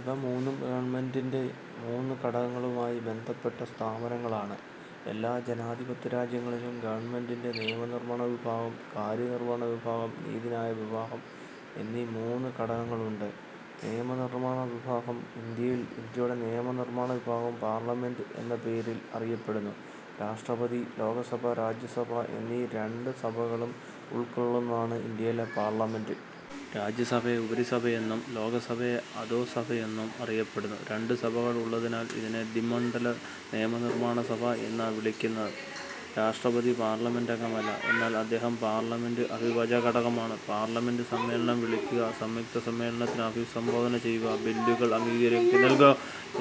ഇവ മൂന്നും ഗവൺമെന്റിന്റെ മൂന്നു ഘടകങ്ങളുമായി ബന്ധപ്പെട്ട സ്ഥാപനങ്ങളാണ്. എല്ലാ ജനാധിപത്യരാജ്യങ്ങളിലും ഗവൺമെന്റിന് നിയമ നിർമാണവിഭാഗം, കാര്യനിർവഹണവിഭാഗം, നീതിന്യായ വിഭാഗം എന്നീ മൂന്ന് ഘടകങ്ങളുണ്ട്. നിയമനിർമാണവിഭാഗം ഇന്ത്യയിൽ ഇന്ത്യയുടെ നിയമനിർമാണവിഭാഗം പാർലമെന്റ് എന്ന പേരിൽ അറിയപ്പെടുന്നു. രാഷ്ട്രപതിയും ലോകസഭ, രാജ്യസഭ എന്നീ രണ്ട് സഭകളും ഉൾക്കൊള്ളുന്നതാണ് ഇന്ത്യയിലെ പാർലമെന്റ്. രാജ്യസഭ ഉപരിസഭയെന്നും ലോകസഭ അധോസഭയെന്നും അറിയപ്പെടുന്നു. രണ്ട് സഭകൾ ഉള്ളതിനാൽ ഇതിനെ ദ്വിമണ്ഡല നിയമനിർമാണ സഭ എന്ന് വിളിക്കുന്നു. രാഷ്ട്രപതി പാർലമെന്റംഗമല്ല. എന്നാൽ അദ്ദേഹം പാർലമെന്റിന്റെ അവിഭാജ്യ ഘടകമാണ്. പാർലമെന്റ് സമ്മേളനം വിളിക്കുക, സംയുക്ത സമ്മേളനത്തെ അഭിസംബോധന ചെയ്യുക, ബില്ലുകൾക്ക് അംഗീകാരം നൽകുക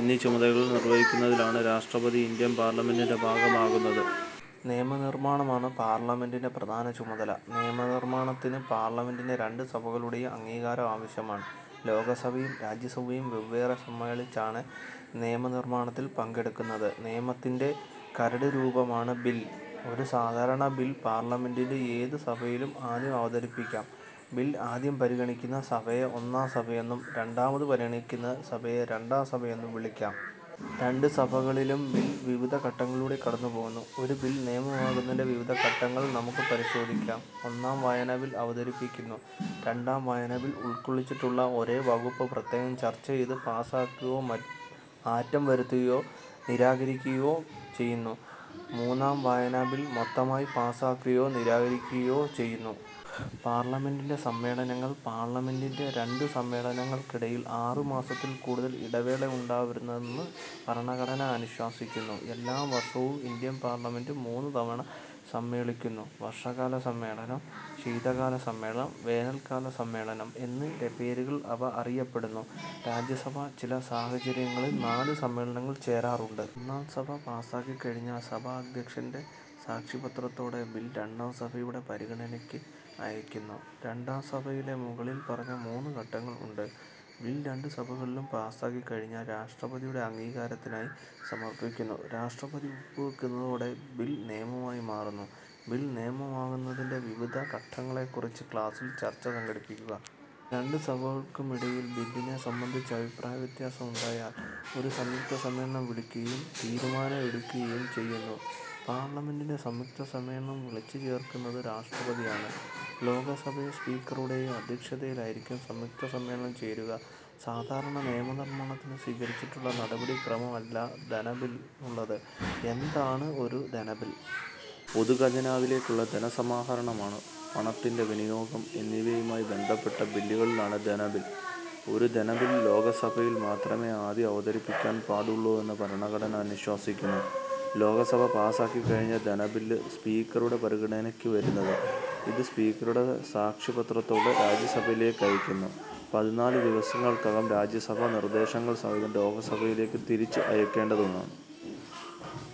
എന്നീ ചുമതലകൾ നിർവഹിക്കുന്നതിനാലാണ് രാഷ്ട്രപതി ഇന്ത്യൻ പാർലമെന്റിന്റെ ഭാഗമാകുന്നത്. നിയമനിർമാണമാണ് പാർലമെന്റിന്റെ പ്രധാന ചുമതല. നിയമ നിർമാണത്തിന് പാർലമെന്റിന്റെ രണ്ട് സഭകളുടെയും അംഗീകാരം ആവശ്യമാണ്. ലോകസഭയും രാജ്യസഭയും വെവ്വേറെ സമ്മേളിച്ചാണ് നിയമനിർമാണത്തിൽ പങ്കെടുക്കുന്നത്. നിയമത്തിന്റെ കരടുരൂപമാണ് ബിൽ. ഒരു സാധാരണബിൽ പാർലമെന്റിന്റെ ഏതു സഭയിലും ആദ്യം അവതരിപ്പിക്കാം. ബിൽ ആദ്യം പരിഗണിക്കുന്ന സഭയെ ഒന്നാം സഭയെന്നും രണ്ടാമതു പരിഗണിക്കുന്ന സഭയെ രണ്ടാം സഭയെന്നും വിളിക്കാം. രണ്ട് സഭകളിലും ബിൽ വിവിധ ഘട്ടങ്ങളിലൂടെ കടന്നുപോകുന്നു. ഒരു ബിൽ നിയമമാകുന്നതിന്റെ വിവിധ ഘട്ടങ്ങൾ നമുക്ക്പരിശോധിക്കാം. ഒന്നാം വായന-ബിൽ അവതരിപ്പിക്കുന്നു. രണ്ടാം വായന-ബില്ലിൽ ഉൾക്കൊള്ളിച്ചിട്ടുള്ള ഓരോ വകുപ്പും പ്രത്യേകം ചർച്ച ചെയ്ത് പാസ്സാക്കുകയോ മാറ്റം വരുത്തുകയോ നിരാകരിക്കുകയോ ചെയ്യുന്നു. മൂന്നാം വായന-ബിൽ മൊത്തമായി പാസ്സാക്കുകയോ നിരാകരിക്കുകയോ ചെയ്യുന്നു. പാർലമെന്റ് സമ്മേളനങ്ങൾ പാർലമെന്റിന്റെ രണ്ട് സമ്മേളനങ്ങൾക്കിടയിൽ ആറുമാസത്തിൽ കൂടുതൽ ഇടവേള ഉണ്ടാവരുതെന്ന് ഭരണഘടന അനുശാസിക്കുന്നു. എല്ലാ വർഷവും ഇന്ത്യൻ പാർലമെന്റ് മൂന്ന് തവണ സമ്മേളിക്കുന്നു. വർഷ കാല സമ്മേളനം, ശീതകാല സമ്മേളനം, വേനൽക്കാല സമ്മേളനം എന്നീ പേരുകളിൽ അവ അറിയപ്പെടുന്നു. രാജ്യസഭ ചില സാഹചര്യങ്ങളിൽ നാല് സമ്മേളനങ്ങൾ ചേരാറുണ്ട്. ഒന്നാം സഭ പാസാക്കിക്കഴിഞ്ഞാൽ സഭാദ്ധ്യക്ഷന്റെ സാക്ഷ്യപത്രത്തോടെ ബിൽ രണ്ടാം സഭയുടെ പരിഗണനയ്ക്ക് അയയ്ക്കുന്നു. രണ്ടാം സഭയിലും മുകളിൽ പറഞ്ഞ മൂന്ന് ഘട്ടങ്ങൾ ഉണ്ട്. ബിൽ രണ്ട് സഭകളും പാസാക്കിക്കഴിഞ്ഞാൽ രാഷ്ട്രപതിയുടെ അംഗീകാരത്തിനായി സമർപ്പിക്കുന്നു. രാഷ്ട്രപതി ഒപ്പുവയ്ക്കുന്നതോടെ ബിൽ നിയമമായി മാറുന്നു. ബിൽ നിയമമാകുന്നതിന്റെ വിവിധ ഘട്ടങ്ങളെക്കുറിച്ച് ക്ലാസിൽ ചർച്ച സംഘടിപ്പിക്കുക. രണ്ട് സഭകൾക്കുമിടയിൽ ബില്ലിനെ സംബന്ധിച്ച് അഭിപ്രായവ്യത്യാസം ഉണ്ടായാൽ ഒരു സംയുക്ത സമ്മേളനം വിളിക്കുകയും തീരുമാനം എടുക്കുകയും ചെയ്യുന്നു. പാർലമെന്റിന്റെ സംയുക്ത സമ്മേളനം വിളിച്ചു ചേർക്കുന്നത് രാഷ്ട്രപതിയാണ്. ലോകസഭാ സ്പീക്കറുടെ അദ്ധ്യക്ഷതയിലായിരിക്കും സംയുക്ത സമ്മേളനം ചേരുക. സാധാരണ നിയമനിർമാണത്തിന് സ്വീകരിച്ചിട്ടുള്ള നടപടിക്രമം അല്ല ധനബില്ലിനുള്ളത്. എന്താണ് ഒരു ധനബിൽ? പൊതുഖജനാവിലേക്കുള്ള ധനസമാഹരണം, പണത്തിന്റെ വിനിയോഗം എന്നിവയുമായി ബന്ധപ്പെട്ട ബില്ലുകളാണ് ധനബിൽ. ഒരു ധനബിൽ ലോകസഭയിൽ മാത്രമേ ആദ്യം അവതരിപ്പിക്കാൻ പാടുള്ളൂവെന്ന് ഭരണഘടന അനുശാസിക്കുന്നു. ലോക സഭ പാസ്സാക്കി കഴിഞ്ഞാൽ ധനബില്ലു സ്പീക്കറുടെ പരിഗണനയ്ക്ക് വരുന്നത്. ഇത് സ്പീക്കറുടെ സാക്ഷ്യപത്രത്തോടെ രാജ്യസഭയിലേക്കയക്കുന്നു. പതിനാല് ദിവസങ്ങൾക്കകം രാജ്യസഭ നിർദേശങ്ങൾ സഹിതം ലോകസഭയിലേക്ക് തിരിച്ച് അയക്കേണ്ടതാണ്.